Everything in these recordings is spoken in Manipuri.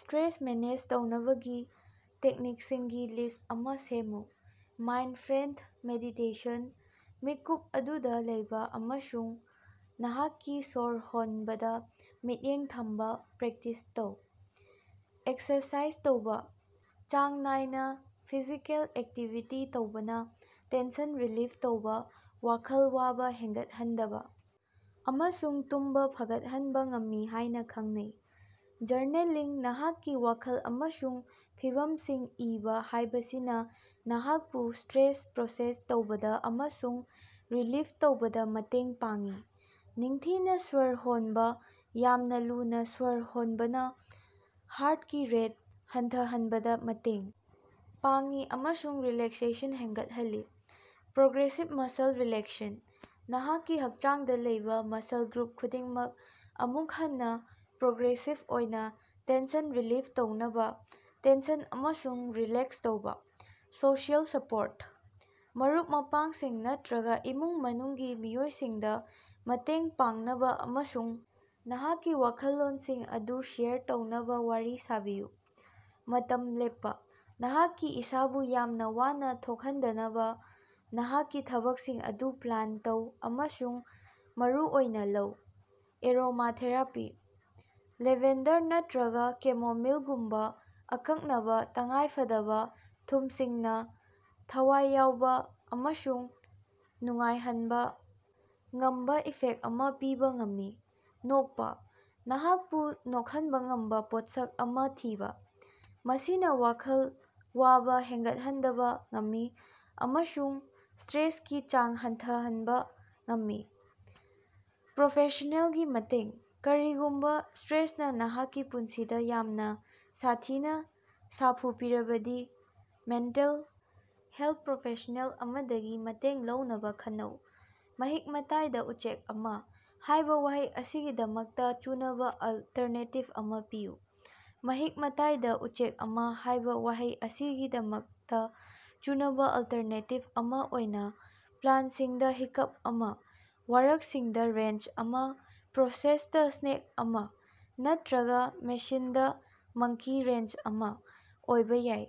ꯁ꯭ꯇꯔꯦꯁ ꯃꯦꯅꯦꯖ ꯇꯧꯅꯕꯒꯤ ꯇꯦꯛꯅꯤꯛꯁꯤꯡꯒꯤ ꯂꯤꯁ꯭ꯠ ꯑꯃ ꯁꯦꯝꯃꯨ꯫ ꯃꯥꯏꯟꯗꯐ꯭ꯔꯦꯟꯗ ꯃꯦꯗꯤꯇꯦꯁꯟ: ꯃꯤꯀꯨꯞ ꯑꯗꯨꯗ ꯂꯩꯕ ꯑꯃꯁꯨꯡ ꯅꯍꯥꯛꯀꯤ ꯁ꯭ꯋꯔ ꯍꯣꯟꯕꯗ ꯃꯤꯠꯌꯦꯡ ꯊꯝꯕ ꯄ꯭ꯔꯦꯛꯇꯤꯁ ꯇꯧ꯫ ꯑꯦꯛꯁꯔꯁꯥꯏꯖ ꯇꯧꯕꯥ: ꯆꯥꯡ ꯅꯥꯏꯅ ꯐꯤꯖꯤꯀꯦꯜ ꯑꯦꯛꯇꯤꯚꯤꯇꯤ ꯇꯧꯕꯅ ꯇꯦꯟꯁꯟ ꯔꯤꯂꯤꯖ ꯇꯧꯕ, ꯋꯥꯈꯜ ꯋꯥꯕ ꯍꯦꯡꯒꯠꯍꯟꯗꯕ ꯑꯃꯁꯨꯡ ꯇꯨꯝꯕ ꯐꯒꯠꯍꯟꯕ ꯉꯝꯃꯤ ꯍꯥꯏꯅ ꯈꯪꯅꯩ꯫ ꯖ꯭ꯔꯅꯦꯂꯤꯡ: ꯅꯍꯥꯛꯀꯤ ꯋꯥꯈꯜ ꯑꯃꯁꯨꯡ ꯐꯤꯚꯝꯁꯤꯡ ꯏꯕ ꯍꯥꯏꯕꯁꯤꯅ ꯅꯍꯥꯛꯄꯨ ꯁ꯭ꯇꯔꯦꯁ ꯄ꯭ꯔꯣꯁꯦꯁ ꯇꯧꯕꯗ ꯑꯃꯁꯨꯡ ꯔꯤꯂꯤꯖ ꯇꯧꯕꯗ ꯃꯇꯦꯡ ꯄꯥꯡꯏ꯫ ꯅꯤꯡꯊꯤꯅ ꯁ꯭ꯋꯔ ꯍꯣꯟꯕ: ꯌꯥꯝꯅ ꯂꯨꯅ ꯁ꯭ꯋꯔ ꯍꯣꯅꯕꯅ ꯍꯥꯔꯠꯀꯤ ꯔꯦꯠ ꯍꯟꯊꯍꯟꯕꯗ ꯃꯇꯦꯡ ꯄꯥꯡꯏ ꯑꯃꯁꯨꯡ ꯔꯤꯂꯦꯛꯁꯦꯁꯟ ꯍꯦꯡꯒꯠꯍꯜꯂꯤ꯫ ꯄ꯭ꯔꯣꯒ꯭ꯔꯦꯁꯤꯚ ꯃꯁꯜ ꯔꯤꯂꯦꯛꯁꯟ: ꯅꯍꯥꯛꯀꯤ ꯍꯛꯆꯥꯡꯗ ꯂꯩꯕ ꯃꯁꯜ ꯒ꯭ꯔꯨꯞ ꯈꯨꯗꯤꯡꯃꯛ, ꯑꯃꯨꯛ ꯍꯟꯅ, ꯄ꯭ꯔꯣꯒ꯭ꯔꯦꯁꯤꯚ ꯑꯣꯏꯅ ꯇꯦꯟꯁꯟ ꯔꯤꯂꯤꯖ ꯇꯧꯅꯕ, ꯇꯦꯟꯁꯟ ꯑꯃꯁꯨꯡ ꯔꯤꯂꯦꯛꯁ ꯇꯧꯕ꯫ ꯁꯣꯁꯤꯑꯦꯜ ꯁꯄꯣꯔꯠ: ꯃꯔꯨꯞ-ꯃꯄꯥꯡꯁꯤꯡ ꯅꯠꯇꯔꯒ ꯏꯃꯨꯡ-ꯃꯅꯨꯡꯒꯤ ꯃꯤꯑꯣꯏꯁꯤꯡꯗ ꯃꯇꯦꯡ ꯄꯥꯡꯅꯕ ꯑꯃꯁꯨꯡ ꯅꯍꯥꯛꯀꯤ ꯋꯥꯈꯜꯂꯣꯟꯁꯤꯡ ꯑꯗꯨ ꯁꯦꯌꯔ ꯇꯧꯅꯕ ꯋꯥꯔꯤ ꯁꯥꯕꯤꯌꯨ꯫ ꯃꯇꯝ ꯂꯦꯞꯄ: ꯅꯍꯥꯛꯀꯤ ꯏꯁꯥꯕꯨ ꯌꯥꯝꯅ ꯋꯥꯅ ꯊꯣꯛꯍꯟꯗꯅꯕ ꯅꯍꯥꯛꯀꯤ ꯊꯕꯛꯁꯤꯡ ꯑꯗꯨ ꯄ꯭ꯂꯥꯟ ꯇꯧ ꯑꯃꯁꯨꯡ ꯃꯔꯨꯑꯣꯏꯅ ꯂꯧ꯫ ꯑꯦꯔꯣꯃꯥꯊꯦꯔꯥꯄꯤ: ꯂꯦꯚꯦꯟꯗꯔ ꯅꯠꯇꯔꯒ ꯀꯦꯃꯣꯃꯤꯜꯒꯨꯝꯕꯥ ꯑꯀꯛꯅꯕ ꯇꯉꯥꯏꯐꯗꯕ ꯊꯨꯝꯁꯤꯡꯅ ꯊꯋꯥꯏ ꯌꯥꯎꯕ ꯑꯃꯁꯨꯡ ꯅꯨꯡꯉꯥꯏꯍꯟꯕ ꯉꯝꯕ ꯏꯐꯦꯛ ꯑꯃ ꯄꯤꯕ ꯉꯝꯃꯤ꯫ ꯅꯣꯛꯄ: ꯅꯍꯥꯛꯄꯨ ꯅꯣꯛꯍꯟꯕ ꯉꯝꯕ ꯄꯣꯠꯁꯛ ꯑꯃꯥ ꯊꯤꯕ; ꯃꯁꯤꯅ ꯋꯥꯈꯜ ꯋꯥꯕ ꯍꯦꯟꯒꯠꯍꯟꯗꯕ ꯉꯝꯃꯤ ꯑꯃꯁꯨꯡ ꯁ꯭ꯇꯔꯦꯁꯀꯤ ꯆꯥꯡ ꯍꯟꯊꯍꯟꯕ ꯉꯝꯃꯤ꯫ ꯄ꯭ꯔꯣꯐꯦꯁꯅꯦꯜꯒꯤ ꯃꯇꯦꯡ: ꯀꯔꯤꯒꯨꯃꯕ ꯁ꯭ꯇꯔꯦꯁꯅ ꯅꯍꯥꯛꯀꯤ ꯄꯨꯟꯁꯤꯗ ꯌꯥꯝꯅ ꯁꯥꯊꯤꯅ ꯁꯥꯐꯨ ꯄꯤꯔꯕꯗꯤ, ꯃꯦꯟꯇꯦꯜ ꯍꯦꯜꯊ ꯄ꯭ꯔꯣꯐꯦꯁꯅꯦꯜ ꯑꯃꯗꯒꯤ ꯃꯇꯦꯡ ꯂꯧꯅꯕ ꯈꯟꯅꯧ꯫ "ꯃꯍꯤꯛ-ꯃꯇꯥꯏꯗ ꯎꯆꯦꯛ ꯑꯃ" ꯍꯥꯏꯕ ꯋꯥꯍꯩ ꯑꯁꯤꯒꯤꯗꯃꯛꯇ ꯆꯨꯅꯕ ꯑꯜꯇꯔꯅꯦꯇꯤꯚ ꯑꯃ ꯄꯤꯌꯨ꯫ "ꯃꯍꯤꯛ-ꯃꯇꯥꯏꯗꯥ ꯎꯆꯦꯛ ꯑꯃ" ꯍꯥꯏꯕ ꯋꯥꯍꯩ ꯑꯁꯤꯒꯤꯗꯃꯛꯇ ꯆꯨꯅꯕ ꯑꯜꯇꯔꯅꯦꯇꯤꯚ ꯑꯃ ꯑꯣꯏꯅ "ꯄ꯭ꯂꯥꯟꯁꯤꯡꯗ ꯍꯤꯛꯀꯞ ꯑꯃꯥ", "ꯋꯥꯔꯛꯁꯤꯡꯗ ꯔꯦꯟꯆ ꯑꯃ", "ꯄ꯭ꯔꯣꯁꯦꯁꯇ ꯁ꯭ꯅꯦꯒ ꯑꯃ" ꯅꯠꯇꯔꯒ ""ꯃꯦꯁꯤꯅꯗꯥ ꯃꯪꯀꯤ ꯔꯦꯟꯆ ꯑꯃꯥ" ꯑꯣꯏꯕ ꯌꯥꯏ꯫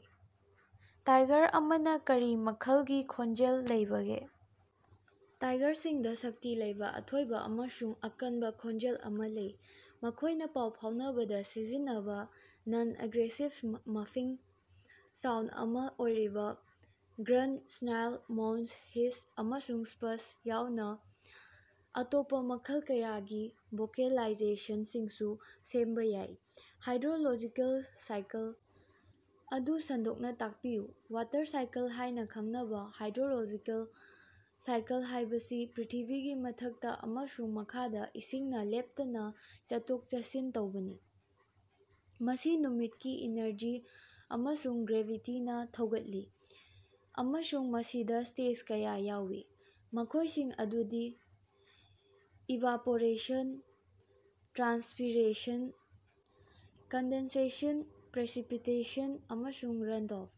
ꯇꯥꯏꯒꯔ ꯑꯃꯅ ꯀꯔꯤ ꯃꯈꯜꯒꯤ ꯈꯣꯟꯖꯦꯜ ꯂꯩꯕꯒꯦ? ꯇꯥꯏꯒꯔꯁꯤꯡꯗ ꯁꯛꯇꯤ ꯂꯩꯕ, ꯑꯊꯣꯏꯕ ꯑꯃꯁꯨꯡ ꯑꯀꯟꯕ ꯈꯣꯟꯖꯦꯜ ꯑꯃ ꯂꯩ꯫ ꯃꯈꯣꯏꯅ ꯄꯥꯎ ꯐꯥꯎꯅꯕꯗ ꯁꯤꯖꯤꯟꯅꯕ ꯅꯟ-ꯑꯦꯒ꯭ꯔꯦꯁꯤꯚ ꯃꯐꯤꯡ ꯁꯥꯎꯟꯗ ꯑꯃ ꯑꯣꯏꯔꯤꯕ ꯒ꯭ꯔꯟꯠ, ꯁ꯭ꯅꯥꯔꯜ, ꯃꯣꯟꯁ, ꯍꯤꯁ, ꯑꯃꯁꯨꯡ ꯁ꯭ꯄꯁ ꯌꯥꯎꯅ ꯑꯇꯣꯞꯄ ꯃꯈꯜ ꯀꯌꯥꯒꯤ ꯚꯣꯀꯦꯂꯥꯏꯖꯦꯁꯟꯁꯤꯡꯁꯨ ꯁꯦꯝꯕ ꯌꯥꯏ꯫ ꯍꯥꯏꯗ꯭ꯔꯣꯂꯣꯖꯤꯀꯦꯜ ꯁꯥꯏꯀꯜ ꯑꯗꯨ ꯁꯟꯗꯣꯛꯅ ꯇꯥꯛꯄꯤꯌꯨ꯫ ꯋꯥꯇꯔ ꯁꯥꯏꯀꯜ ꯍꯥꯏꯅ ꯈꯪꯅꯕ ꯍꯥꯏꯗ꯭ꯔꯣꯂꯣꯖꯤꯀꯦꯜ ꯁꯥꯏꯀꯜ ꯍꯥꯏꯕꯁꯤ ꯄ꯭ꯔꯤꯊꯤꯕꯤꯒꯤ ꯃꯊꯛꯇ ꯑꯃꯁꯨꯡ ꯃꯈꯥꯗ ꯏꯁꯤꯡꯅ ꯂꯦꯞꯇꯅ ꯆꯠꯊꯣꯛ-ꯆꯠꯁꯤꯟ ꯇꯧꯕꯅꯤ꯫ ꯃꯁꯤ ꯅꯨꯃꯤꯠꯀꯤ ꯏꯅ꯭ꯔꯖꯤ ꯑꯃꯁꯨꯡ ꯒ꯭ꯔꯦꯚꯤꯇꯤꯅ ꯊꯧꯒꯠꯂꯤ, ꯑꯃꯁꯨꯡ ꯃꯁꯤꯗ ꯁ꯭ꯇꯦꯖ ꯀꯌꯥ ꯌꯥꯎꯏ, ꯃꯈꯣꯏꯁꯤꯡ ꯑꯗꯨꯗꯤ: ꯏꯚꯥꯄꯣꯔꯦꯁꯟ, ꯇ꯭ꯔꯥꯟꯁꯄꯤꯔꯦꯁꯟ, ꯀꯟꯗꯦꯟꯁꯦꯁꯟ, ꯄ꯭ꯔꯦꯁꯤꯄꯤꯇꯦꯁꯟ, ꯑꯃꯁꯨꯡ ꯔꯟꯗꯣꯐ꯫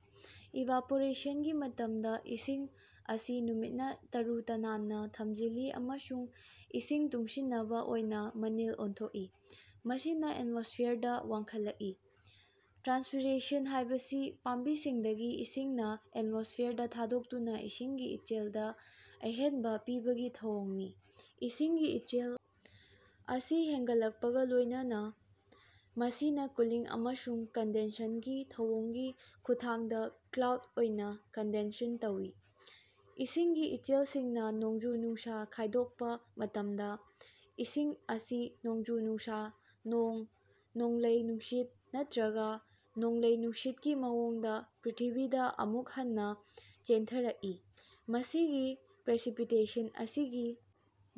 ꯏꯚꯥꯄꯣꯔꯦꯁꯟꯒꯤ ꯃꯇꯝꯗ ꯏꯁꯤꯡ ꯑꯁꯤ ꯅꯨꯃꯤꯠꯅ ꯇꯔꯨ-ꯇꯅꯥꯟꯅ ꯊꯝꯖꯤꯜꯂꯤ ꯑꯃꯁꯨꯡ ꯏꯁꯤꯡ ꯇꯨꯡꯁꯤꯅꯕ ꯑꯣꯏꯅ ꯃꯅꯤꯜ ꯑꯣꯟꯊꯣꯛꯏ, ꯃꯁꯤꯅꯥ ꯑꯦꯠꯃꯣꯁ꯭ꯐꯤꯌꯔꯗ ꯋꯥꯡꯈꯠꯂꯛꯏ꯫ ꯇ꯭ꯔꯥꯟꯁꯄꯤꯔꯦꯁꯟ ꯍꯥꯏꯕꯁꯤ ꯄꯥꯝꯕꯤꯁꯤꯡꯗꯒꯤ ꯏꯁꯤꯡꯅ ꯑꯦꯠꯃꯣꯁ꯭ꯐꯤꯌꯔꯗ ꯊꯥꯗꯣꯛꯇꯨꯅ ꯏꯁꯤꯡꯒꯤ ꯏꯆꯦꯜꯗ ꯑꯍꯦꯟꯅꯕ ꯄꯤꯕꯒꯤ ꯊꯧꯑꯣꯡꯅꯤ꯫ ꯏꯁꯤꯡꯒꯤ ꯏꯆꯦꯜ ꯑꯁꯤ ꯍꯦꯡꯒꯠꯂꯛꯄꯒ ꯂꯣꯏꯅꯅ, ꯃꯁꯤꯅ ꯀꯨꯂꯤꯡ ꯑꯃꯁꯨꯡ ꯀꯟꯗꯦꯟꯁꯟꯒꯤ ꯊꯧꯑꯣꯡꯒꯤ ꯈꯨꯠꯊꯥꯡꯗꯥ ꯀ꯭ꯂꯥꯎꯗ ꯑꯣꯏꯅ ꯀꯟꯗꯦꯟꯁꯟ ꯇꯧꯏ꯫ ꯏꯁꯤꯡꯒꯤ ꯏꯆꯦꯜꯁꯤꯡꯅ ꯅꯣꯡꯖꯨ-ꯅꯨꯡꯁ ꯈꯥꯏꯗꯣꯛꯄ ꯃꯇꯝꯗ, ꯏꯁꯤꯡ ꯑꯁꯤ ꯅꯣꯡꯖꯨ-ꯅꯨꯡꯁ, ꯅꯣꯡ, ꯅꯣꯡꯂꯩ-ꯅꯨꯡꯁꯤꯠ ꯅꯠꯇꯔꯒ ꯅꯣꯡꯂꯩ-ꯅꯨꯡꯁꯤꯠꯀꯤ ꯃꯑꯣꯡꯗ ꯄ꯭ꯔ꯭ꯤꯊꯤꯕꯤꯗ ꯑꯃꯨꯛ ꯍꯟꯅ ꯆꯦꯟꯊꯔꯛꯏ꯫ ꯃꯁꯤꯒꯤ ꯄ꯭ꯔꯦꯁꯤꯄꯤꯇꯦꯁꯟ ꯑꯁꯤꯒꯤ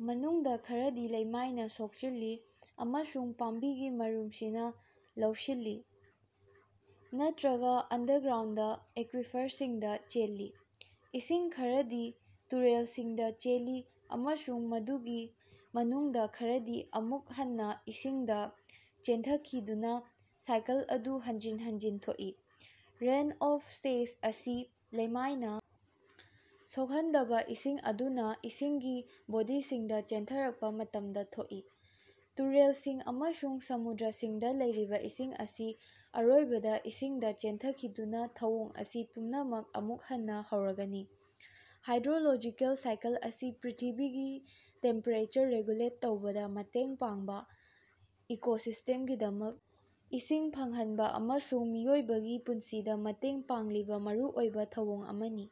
ꯃꯅꯨꯡꯗ ꯈꯔꯗꯤ ꯂꯩꯃꯥꯏꯅ ꯁꯣꯛꯍꯜꯂꯤ ꯑꯃꯁꯨꯡ ꯄꯥꯝꯕꯤꯒꯤ ꯃꯔꯨꯝꯁꯤꯅꯥ ꯂꯧꯁꯤꯜꯂꯤ ꯅꯠꯇꯔꯒ ꯑꯟꯗꯔꯒ꯭ꯔꯥꯎꯟꯗ ꯑꯦꯀ꯭ꯋꯤꯐ꯭ꯔꯁꯤꯡꯗ ꯆꯦꯜꯂꯤ꯫ ꯏꯁꯤꯡ ꯈꯔꯗꯤ ꯇꯨꯔꯦꯜꯁꯤꯡꯗꯥ ꯆꯦꯜꯂꯤ, ꯑꯃꯁꯨꯡ ꯃꯗꯨꯒꯤ ꯃꯅꯨꯡꯗ ꯈꯔꯗꯤ ꯑꯃꯨꯛ ꯍꯟꯅ ꯏꯁꯤꯡꯗ ꯆꯦꯟꯊꯈꯤꯗꯨꯅ ꯁꯥꯏꯀꯜ ꯑꯗꯨ ꯍꯟꯖꯤꯟ ꯍꯟꯖꯤꯟ ꯊꯣꯛꯏ꯫ ꯔꯟꯑꯣꯐ ꯁ꯭ꯇꯦꯖ ꯑꯁꯤ ꯂꯩꯃꯥꯏꯅ ꯁꯣꯛꯍꯟꯗꯕ ꯏꯁꯤꯡ ꯑꯗꯨꯅ ꯏꯁꯤꯡꯒꯤ ꯕꯣꯗꯤꯁꯤꯡꯗ ꯆꯦꯟꯊꯔꯛꯄ ꯃꯇꯝꯗ ꯊꯣꯛꯏ꯫ ꯇꯨꯔꯦꯜꯁꯤꯡ ꯑꯃꯁꯨꯡ ꯁꯃꯨꯗ꯭ꯔꯁꯤꯡꯗ ꯂꯩꯔꯤꯕ ꯏꯁꯤꯡ ꯑꯁꯤ ꯑꯔꯣꯏꯕꯗ ꯏꯁꯤꯡꯗ ꯆꯦꯟꯊꯈꯤꯗꯨꯅ ꯊꯧꯑꯣꯡ ꯑꯁꯤ ꯄꯨꯝꯅꯃꯛ ꯑꯃꯨꯛ ꯍꯟꯅ ꯍꯧꯔꯒꯅꯤ꯫ ꯍꯥꯏꯗ꯭ꯔꯣꯂꯣꯖꯤꯀꯦꯜ ꯁꯥꯏꯀꯜ ꯑꯁꯤ ꯄ꯭ꯔꯤꯊꯤꯕꯤꯒꯤ ꯇꯦꯝꯄꯦꯔꯦꯆꯔ ꯔꯤꯒꯨꯂꯦꯠ ꯇꯧꯕꯗ ꯃꯇꯦꯡ ꯄꯥꯡꯕ, ꯏꯀꯣꯁꯤꯁ꯭ꯇꯦꯝꯒꯤꯗꯃꯛ ꯏꯁꯤꯡ ꯐꯪꯍꯟꯕ ꯑꯃꯁꯨꯡ ꯃꯤꯑꯣꯏꯕꯒꯤ ꯄꯨꯟꯁꯤꯗ ꯃꯇꯦꯡ ꯄꯥꯡꯂꯤꯕ ꯃꯔꯨꯑꯣꯏꯕ ꯊꯧꯑꯣꯡ ꯑꯃꯅꯤ꯫